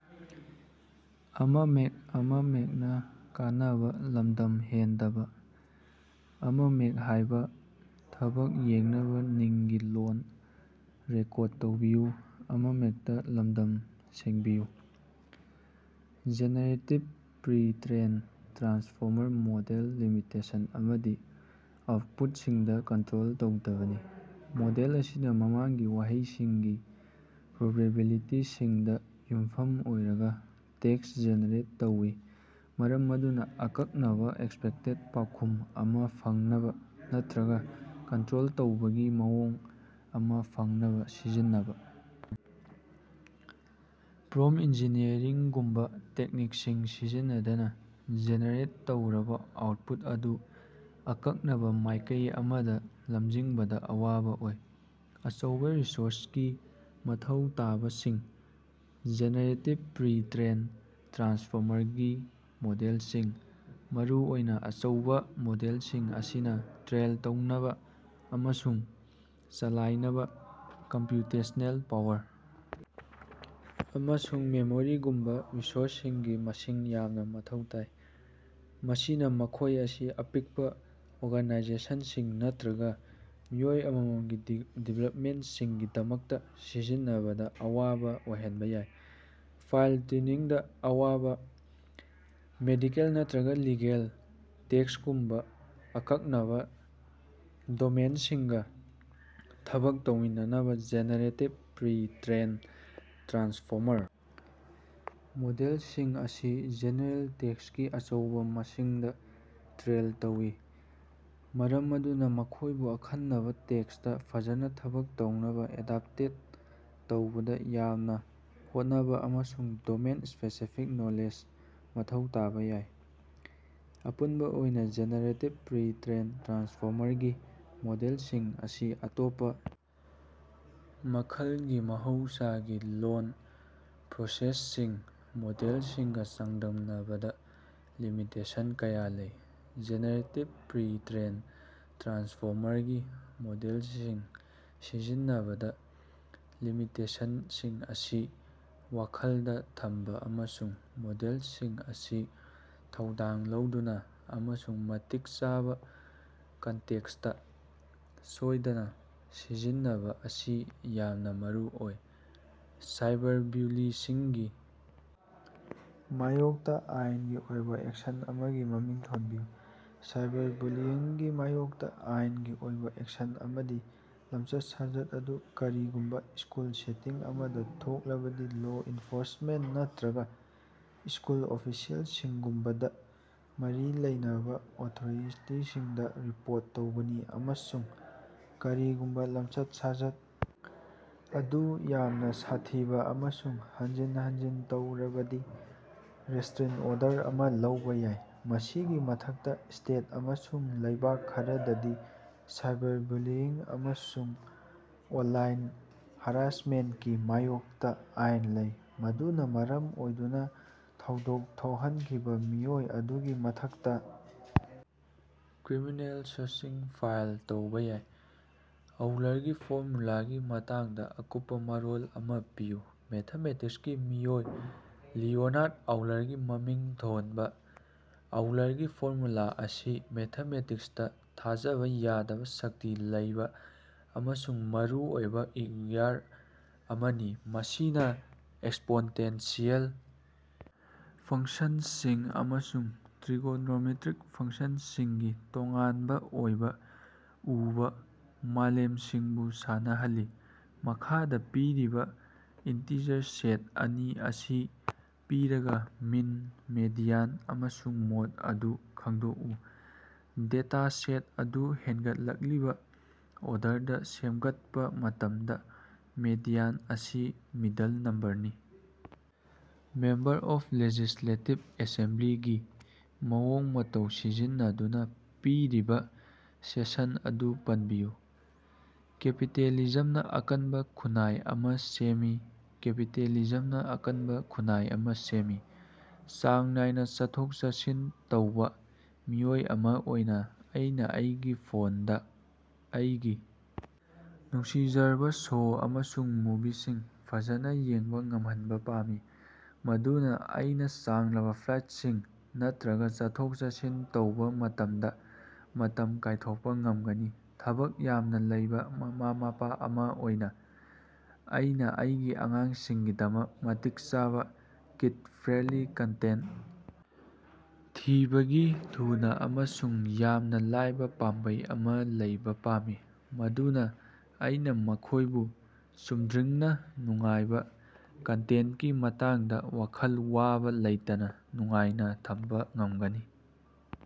Generative pre-trained transformer ꯃꯣꯗꯦꯜꯒꯤ limitation ꯑꯃꯗꯤ ꯑꯥꯎꯠꯄꯨꯠꯁꯤꯡꯗ ꯀꯟꯇ꯭ꯔꯣꯜ ꯇꯧꯗꯕꯅꯤ꯫ ꯃꯣꯗꯦꯜ ꯑꯁꯤꯅ ꯃꯃꯥꯡꯒꯤ ꯋꯥꯍꯩꯁꯤꯡꯒꯤ ꯄ꯭ꯔꯣꯕꯤꯕꯤꯂꯤꯇꯤꯁꯤꯡꯗ ꯌꯨꯝꯐꯝ ꯑꯣꯏꯔꯒ ꯇꯦꯛꯁ ꯖꯦꯅꯦꯔꯦꯠ ꯇꯧꯏ ꯃꯔꯝ ꯑꯗꯨꯅ ꯑꯀꯛꯅꯕ ꯑꯦꯛꯁꯄꯦꯛꯇꯦꯗ ꯄꯥꯎꯈꯨꯝ ꯑꯃ ꯐꯪꯅꯕ ꯅꯠꯇ꯭ꯔꯒ ꯀꯟꯇ꯭ꯔꯣꯜ ꯇꯧꯕꯒꯤ ꯃꯑꯣꯡ ꯑꯃ ꯐꯪꯅꯕ ꯁꯤꯖꯤꯟꯅꯕ ꯄ꯭ꯔꯣꯝꯄꯇ ꯏꯟꯖꯤꯅ꯭ꯌꯔꯤꯡ ꯒꯨꯝꯕ ꯇꯦꯛꯅꯤꯛꯁꯤꯡ ꯁꯤꯖꯤꯟꯅꯗꯅ ꯖꯦꯅꯦꯔꯦꯠ ꯇꯧꯔꯕ ꯑꯥꯎꯠꯄꯨꯠ ꯑꯗꯨ ꯑꯀꯛꯅꯕ ꯃꯥꯏꯀꯩ ꯑꯃꯗ ꯂꯝꯖꯤꯡꯕꯗ ꯑꯋꯥꯕ ꯑꯣꯏ꯫ ꯑꯆꯧꯕ ꯔꯤꯁꯣꯔꯁꯀꯤ ꯃꯊꯧ ꯇꯥꯕꯁꯤꯡ: ꯖꯦꯅꯦꯔꯦꯇꯤꯚ ꯄ꯭ꯔꯤ-ꯇ꯭ꯔꯦꯟꯗ ꯇ꯭ꯔꯥꯟꯁꯐꯣꯃꯔꯒꯤ ꯃꯣꯗꯦꯜꯁꯤꯡ, ꯃꯔꯨꯑꯣꯏꯅ ꯑꯆꯧꯕ ꯃꯣꯗꯦꯜꯁꯤꯡ ꯑꯁꯤꯅ ꯇ꯭ꯔꯦꯟ ꯇꯧꯅꯕ ꯑꯃꯁꯨꯡ ꯆꯂꯥꯏꯅꯕ ꯀꯝꯄ꯭ꯌꯨꯇꯦꯁ꯭ꯅꯦꯜ ꯄꯥꯋꯔ ꯑꯃꯁꯨꯡ ꯃꯦꯃꯣꯔꯤꯒꯨꯝꯕ ꯔꯤꯁꯣꯔꯁꯁꯤꯡꯒꯤ ꯃꯁꯤꯡ ꯌꯥꯝꯅ ꯃꯊꯧ ꯇꯥꯏ꯫ ꯃꯁꯤꯅ ꯃꯈꯣꯏ ꯑꯁꯤ ꯑꯄꯤꯛꯄ ꯑꯣꯔꯒꯅꯥꯏꯖꯦꯁꯟꯁꯤꯡ ꯅꯠꯇ꯭ꯔꯒ ꯃꯤꯑꯣꯏ ꯑꯃꯃꯝꯒꯤ ꯗꯤꯚꯦꯂꯞꯃꯦꯟꯁꯤꯡꯒꯤꯗꯃꯛꯇ ꯁꯤꯖꯤꯟꯅꯕꯗ ꯑꯋꯥꯕ ꯑꯣꯏꯍꯟꯕ ꯌꯥꯏ꯫ ꯐꯥꯏꯟ-ꯇꯨꯅꯤꯡꯗ ꯑꯋꯥꯕ: ꯃꯦꯗꯤꯀꯦꯜ ꯅꯠꯇ꯭ꯔꯒ ꯂꯤꯒꯦꯜ ꯇꯦꯛꯁꯒꯨꯝꯕ ꯑꯀꯛꯅꯕ ꯗꯣꯃꯦꯏꯟꯁꯤꯡꯒ ꯊꯕꯛ ꯇꯧꯃꯤꯟꯅꯅꯕ ꯖꯦꯅꯦꯔꯦꯇꯤꯚ ꯄ꯭ꯔꯤ-ꯇ꯭ꯔꯦꯟꯗ ꯇ꯭ꯔꯥꯟꯁꯐꯣꯃꯔ ꯃꯣꯗꯦꯜꯁꯤꯡ ꯑꯁꯤ ꯖꯦꯅꯦꯔꯦꯜ ꯇꯦꯛꯁꯀꯤ ꯑꯆꯧꯕ ꯃꯁꯤꯡꯗꯥꯇ꯭ꯔꯦꯟ ꯇꯧꯏ, ꯃꯔꯝ ꯑꯗꯨꯅ ꯃꯈꯣꯏꯕꯨ ꯑꯈꯟꯅꯕ ꯇꯦꯛꯁꯇ ꯐꯖꯅ ꯊꯕꯛ ꯇꯧꯅꯕ ꯑꯦꯗꯥꯞꯇꯦꯠ ꯇꯧꯕꯗ ꯌꯥꯝꯅ ꯍꯣꯠꯅꯕ ꯑꯃꯁꯨꯡ ꯗꯣꯃꯦꯟ-ꯁ꯭ꯄꯦꯁꯤꯐꯤꯛ ꯅꯣꯂꯦꯖ ꯃꯊꯧ ꯇꯥꯕ ꯌꯥꯏ꯫ ꯑꯄꯨꯟꯕ ꯑꯣꯏꯅ ꯖꯦꯅꯦꯔꯦꯇꯤꯚ ꯄ꯭ꯔꯤ-ꯇ꯭ꯔꯦꯟꯗ ꯇ꯭ꯔꯥꯟꯁꯐꯣꯃꯔꯒꯤ ꯃꯣꯗꯦꯜꯁꯤꯡ ꯑꯁꯤ ꯑꯇꯣꯞꯄ ꯃꯈꯜꯒꯤ ꯃꯍꯧꯁꯥꯒꯤ ꯂꯣꯜ ꯄ꯭ꯔꯣꯁꯦꯁꯤꯡ ꯃꯣꯗꯦꯜꯁꯤꯡꯒ ꯆꯥꯡꯗꯝꯅꯕꯗ ꯂꯤꯃꯤꯇꯦꯁꯟ ꯀꯌꯥ ꯂꯩ꯫ ꯖꯦꯅꯦꯔꯦꯇꯤꯚ ꯄ꯭ꯔꯤ-ꯇ꯭ꯔꯦꯟꯗ ꯇ꯭ꯔꯥꯟꯁꯐꯣꯃꯔꯒꯤ ꯃꯣꯗꯦꯜꯁꯤꯡ ꯁꯤꯖꯤꯟꯅꯕꯗ ꯂꯤꯃꯤꯇꯦꯁꯟꯁꯤꯡ ꯑꯁꯤ ꯋꯥꯈꯜꯗ ꯊꯝꯕ ꯑꯃꯁꯨꯡ ꯃꯣꯗꯦꯜꯁꯤꯡ ꯑꯁꯤ ꯊꯧꯗꯥꯡ ꯂꯧꯗꯨꯅ ꯑꯃꯁꯨꯡ ꯃꯇꯤꯛ ꯆꯥꯕ ꯀꯟꯇꯦꯛꯁꯇ ꯁꯣꯏꯗꯅ ꯁꯤꯖꯤꯟꯅꯕ ꯑꯁꯤ ꯌꯥꯝꯅ ꯃꯔꯨꯑꯣꯏ꯫ ꯁꯥꯏꯕꯔꯕꯨꯂꯤꯌꯤꯡꯒꯤ ꯃꯥꯌꯣꯛꯇ ꯑꯥꯏꯟꯒꯤ ꯑꯣꯏꯕ ꯑꯦꯛꯁꯟ ꯑꯃꯒꯤ ꯃꯃꯤꯡ ꯊꯣꯟꯕꯤꯌꯨ꯫ ꯁꯥꯏꯕꯔꯕꯨꯂꯤꯌꯤꯡꯒꯤ ꯃꯥꯌꯣꯛꯇ ꯑꯥꯏꯟꯒꯤ ꯑꯣꯏꯕ ꯑꯦꯛꯁꯟ ꯑꯃꯗꯤ, ꯂꯝꯆꯠ-ꯁꯥꯖꯠ ꯑꯗꯨ ꯀꯔꯤꯒꯨꯝꯕ ꯁ꯭ꯀꯨꯜ ꯁꯦꯇꯤꯡ ꯑꯃꯗ ꯊꯣꯛꯂꯕꯗꯤ ꯂꯣ ꯑꯦꯟꯐꯣꯔꯁꯃꯦꯟꯇ ꯅꯠꯇ꯭ꯔꯒ ꯁ꯭ꯀꯨꯜ ꯑꯣꯐꯤꯁꯤꯑꯦꯜꯁꯤꯡꯒꯨꯝꯕ ꯃꯔꯤ ꯂꯩꯅꯕ ꯑꯣꯊꯣꯔꯤꯇꯤꯁꯤꯡꯗ ꯔꯤꯄꯣꯔꯠ ꯇꯧꯕꯅꯤ ꯑꯃꯁꯨꯡ ꯀꯔꯤꯒꯨꯝꯕ ꯂꯝꯆꯠ-ꯁꯥꯖꯠ ꯑꯗꯨ ꯌꯥꯝꯅ ꯁꯥꯊꯤꯕ ꯑꯃꯁꯨꯡ ꯍꯟꯖꯤꯟ ꯍꯟꯖꯤꯟ ꯇꯧꯔꯕꯗꯤ ꯔꯦꯁꯇ꯭ꯔꯤꯟ ꯑꯣꯔꯗꯔ ꯑꯃ ꯂꯧꯕ ꯌꯥꯏ꯫ ꯃꯁꯤꯒꯤ ꯃꯊꯛꯇ, ꯁ꯭ꯇꯦꯠ ꯑꯃꯁꯨꯡ ꯂꯩꯕꯥꯛ ꯈꯔꯗꯗꯤ ꯁꯥꯏꯕꯔꯕꯨꯂꯤꯌꯤꯡ ꯑꯃꯁꯨꯡ ꯑꯣꯟꯂꯥꯏꯟ ꯍꯔꯥꯁꯃꯦꯟꯇꯀꯤ ꯃꯥꯌꯣꯛꯇ ꯑꯥꯏꯟ ꯂꯩ, ꯃꯗꯨꯅ ꯃꯔꯝ ꯑꯣꯏꯗꯨꯅ ꯊꯧꯗꯣꯛ ꯊꯣꯛꯍꯟꯈꯤꯕ ꯃꯤꯑꯣꯏ ꯑꯗꯨꯒꯤ ꯃꯊꯛꯇ ꯀ꯭ꯔꯤꯃꯤꯅꯦꯜ ꯆꯥꯔꯖꯁꯤꯡ ꯐꯥꯏꯜ ꯇꯧꯕ ꯌꯥꯏ꯫ ꯑꯣꯎꯂꯔꯒꯤ ꯐꯣꯔꯃꯨꯂꯥꯒꯤ ꯃꯇꯥꯡꯗ ꯑꯀꯨꯞꯄ ꯃꯔꯣꯜ ꯑꯃ ꯄꯤꯌꯨ꯫ ꯃꯦꯊꯃꯦꯇꯤꯛꯁꯀꯤ ꯃꯤꯑꯣꯏ ꯂꯤꯑꯣꯅꯍꯥꯔꯗ ꯑꯣꯎꯂꯔꯒꯤ ꯃꯃꯤꯡ ꯊꯣꯟꯕ ꯑꯣꯎꯂꯔꯒꯤ ꯐꯣꯔꯃꯨꯂꯥ ꯑꯁꯤ ꯃꯦꯊꯃꯦꯇꯤꯛꯁꯇ ꯊꯥꯖꯕ ꯌꯥꯗꯕ ꯁꯛꯇꯤ ꯂꯩꯕ ꯑꯃꯁꯨꯡ ꯃꯔꯨ ꯑꯣꯏꯕ ꯏꯛꯌꯨꯏꯌꯔ ꯑꯃꯅꯤ ꯃꯁꯤꯅ ꯑꯦꯛꯁꯄꯣꯟꯇꯦꯟꯁꯤꯑꯦꯜ ꯐꯪꯁꯟꯁꯤꯡ ꯑꯃꯁꯨꯡ ꯇ꯭ꯔꯤꯏꯒꯣꯅꯣꯃꯦꯇ꯭ꯔꯤꯛ ꯐꯪꯁꯅꯁꯤꯡꯒꯤ ꯇꯣꯉꯥꯟꯕ ꯑꯣꯏꯅ ꯎꯕ ꯃꯥꯂꯦꯝꯁꯤꯡꯕꯨ ꯁꯝꯅꯍꯜꯂꯤ꯫ ꯃꯈꯥꯗ ꯄꯤꯔꯤꯕ ꯏꯟꯇꯤꯖꯔ ꯁꯦꯠ ꯑꯅꯤ ꯑꯁꯤ ꯄꯤꯔꯒ, ꯃꯤꯟ, ꯃꯦꯗꯤꯌꯟ ꯑꯃꯁꯨꯡ ꯃꯣꯗ ꯑꯗꯨ ꯈꯪꯗꯣꯛꯎ꯫ ꯗꯦꯇꯥ ꯁꯦꯠ ꯑꯗꯨ ꯍꯦꯟꯒꯠꯂꯛꯂꯤꯕ ꯑꯣꯔꯗꯔꯗ ꯁꯦꯝꯒꯠꯄ ꯃꯇꯝꯗ ꯃꯦꯗꯤꯌꯟ ꯑꯁꯤ ꯃꯤꯗꯜ ꯅꯝꯕꯔꯅꯤ꯫ ꯃꯦꯝꯕꯔ ꯑꯣꯐ ꯂꯦꯖꯤꯁꯂꯦꯇꯤꯚ ꯑꯦꯁꯦꯝꯕ꯭ꯂꯤ ꯒꯤ ꯃꯑꯣꯡ ꯃꯇꯧ ꯁꯤꯖꯤꯟꯅꯗꯨꯅ ꯄꯤꯔꯤꯕ ꯁꯦꯟꯁꯟ ꯑꯗꯨ ꯄꯟꯕꯤꯌꯨ꯫ ꯀꯦꯄꯤꯇꯦꯂꯤꯖꯝꯅ ꯑꯀꯟꯕ ꯈꯨꯟꯅꯥꯏ ꯑꯃꯥ ꯁꯦꯝꯃꯤ꯫ ꯀꯦꯄꯤꯇꯦꯂꯤꯖꯝꯅ ꯑꯀꯟꯕ ꯈꯨꯟꯅꯥꯏ ꯑꯃ ꯁꯦꯝꯃꯤ꯫ ꯆꯥꯡ ꯅꯥꯏꯅ ꯆꯠꯊꯣꯛ-ꯆꯠꯁꯤꯟ ꯇꯧꯕ ꯃꯤꯑꯣꯏ ꯑꯃ ꯑꯣꯏꯅ ꯑꯩꯅ ꯑꯩꯒꯤ ꯐꯣꯟꯗ ꯑꯩꯒꯤ ꯅꯨꯡꯁꯤꯖꯔꯕ ꯁꯣ ꯑꯃꯁꯨꯡ ꯃꯨꯚꯤꯁꯤꯡ ꯐꯖꯅ ꯌꯦꯡꯕ ꯉꯝꯍꯟꯕ ꯄꯥꯝꯃꯤ, ꯃꯗꯨꯅ ꯑꯩꯅ ꯁꯥꯡꯂꯕ ꯐ꯭ꯂꯥꯏꯠꯁꯤꯡ ꯅꯠꯇ꯭ꯔꯒ ꯆꯠꯊꯣꯛ-ꯆꯠꯁꯤꯟ ꯇꯧꯕ ꯃꯇꯝꯗ ꯃꯇꯝ ꯀꯥꯏꯊꯣꯛꯄ ꯉꯝꯒꯅꯤ ꯫ ꯊꯕꯛ ꯌꯥꯝꯅ ꯂꯩꯕ ꯃꯃꯥ-ꯃꯄꯥ ꯑꯃ ꯑꯣꯏꯅ ꯑꯩꯅ ꯑꯩꯒꯤ ꯑꯉꯥꯡꯁꯤꯡꯒꯤꯗꯃꯛ ꯃꯇꯤꯛ ꯆꯥꯕ, ꯀꯤꯗ-ꯐ꯭ꯔꯦꯟꯗꯂꯤ ꯀꯟꯇꯦꯟꯇ ꯊꯤꯕꯒꯤ ꯊꯨꯅ ꯑꯃꯁꯨꯡ ꯌꯥꯝꯅ ꯂꯥꯏꯕ ꯄꯥꯝꯕꯩ ꯑꯃ ꯂꯩꯕ ꯄꯥꯝꯃꯤ, ꯃꯗꯨꯅ ꯑꯩꯅ ꯃꯈꯣꯏꯕꯨ ꯆꯨꯝꯗ꯭ꯔꯤꯡꯅ ꯅꯨꯡꯉꯥꯏꯕ ꯀꯟꯇꯦꯟꯇꯀꯤ ꯃꯇꯥꯡꯗ ꯋꯥꯈꯜ ꯋꯥꯕ ꯂꯩꯇꯅ ꯅꯨꯡꯉꯥꯏꯅ ꯊꯝꯕ ꯉꯝꯒꯅꯤ꯫